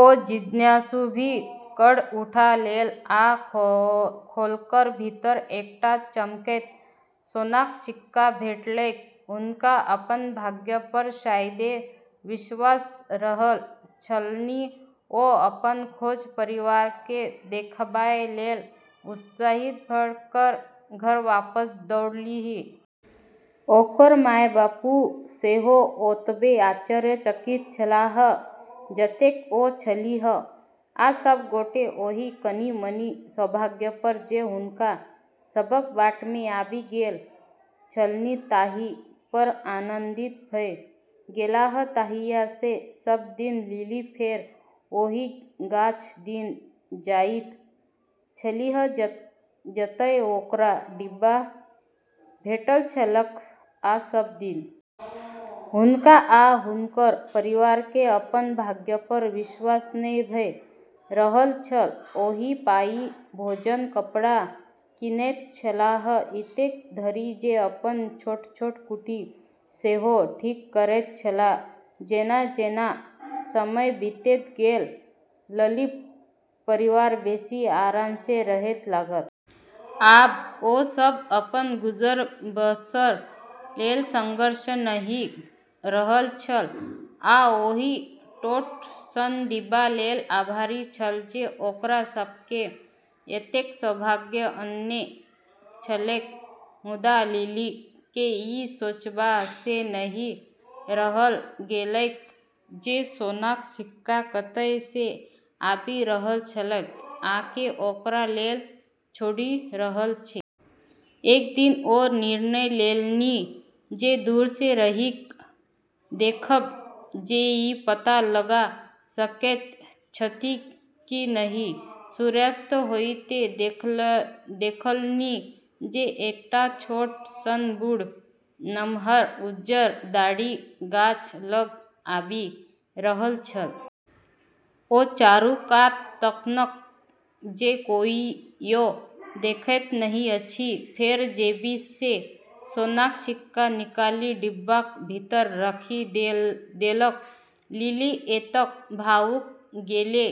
ओ जिज्ञासु भऽ कऽ उठा लेलक आ खोललक तऽ भीतर एकटा चमकैत सोनाक सिक्का भेटलैक। हुनका अपन भाग्य पर शायदे विश्वास भऽ रहल छलनि ।ओ अपन खोज परिवार केँ देखाबय लेल उत्साहित भऽ कऽ घर वापस दौड़लीह । ओकर माय-बाबू सेहो ओतबे आश्चर्यचकित छलाह जतेक ओ छलीह, आ सभ गोटे ओहि कनि-मनि सौभाग्य पर जे हुनका सभक बाट मे आबि गेल छलनि, ताहि पर आनन्दित भऽ गेलाह। तहिया सँ सब दिन लिली फेर ओहि गाछ दिस जाइत छलीह जतय ओकरा डिब्बा भेटल छलैक, आ सब दिन ओकरा एकटा आओर सोनाक सिक्का भेटैत छलैक जे ओकर प्रतीक्षा मे छलैक। हुनका आ हुनकर परिवार के अपन भाग्य पर विश्वास नै भ रहल छल! ओहि पाइ सँ भोजन, कपड़ा कीनैत छलाह, एतेक धरि जे अपन छोट-छोट कुटी सेहो ठीक करैत छलाह। जेना-जेना समय बीतैत गेल, लिलीक परिवार बेसी आराम सँ रहय लागल। आब ओ सभ अपन गुजर-बसरक लेल संघर्ष नहि कऽ रहल छल, आ ओहि छोट सन डिब्बा लेल आभारी छल जे ओकरा सभ केँ एतेक सौभाग्य अनने छलैक। मुदा, लिली केँ ई सोचबा सँ नहि रहल गेलैक जे सोनाक सिक्का कतय सँ आबि रहल छलैक, आ के ओकरा लेल छोड़ि रहल छलैक। एक दिन ओ निर्णय लेलनि जे दूर सँ रहि कऽ देखब, जे ई पता लगा सकैत छथि कि नहि। सूर्यास्त होइते देखलनि जे एकटा छोट सन बूढ़, नमहर उज्जर दाढ़ी, गाछ लग आबि रहल छल। ओ चारू कात तकलक जे कियो देखैत नहि अछि, फेर जेबीसँ सोनाक सिक्का निकालि डिब्बाक भीतर राखि देलक। लिली एतेक भावुक भऽ गेलै,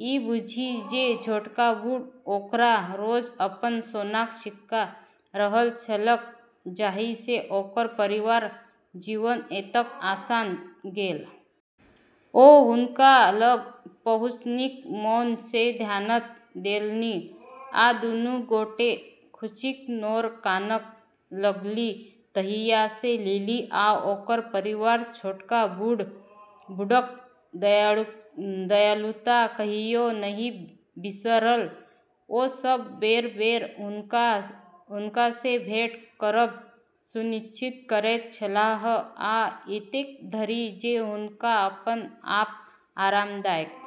ई बुझि जे छोटका बूढ़ ओकरा रोज अपन सोनाक सिक्का दऽ रहल छलैक, जाहि सँ ओकर परिवारक जीवन एतेक आसान भऽ गेलै। ओ हुनका लग पहुँचलीह, मोन सँ धन्यवाद देलनि, आ दुनू गोटे खुशीक नोर कानय लगलीह। तहिया सँ लिली आ ओकर परिवार छोटका बूढ़क दयालुता कहियो नहि बिसरल। ओ सभ बेर-बेर हुनका सँ भेंट करब सुनिश्चित करैत छलाह, आ एतेक धरि जे हुनका अपन आब आरामदायक कुटी मे अपना संग रहबाक लेल सेहो आमंत्रित करैत छलाह।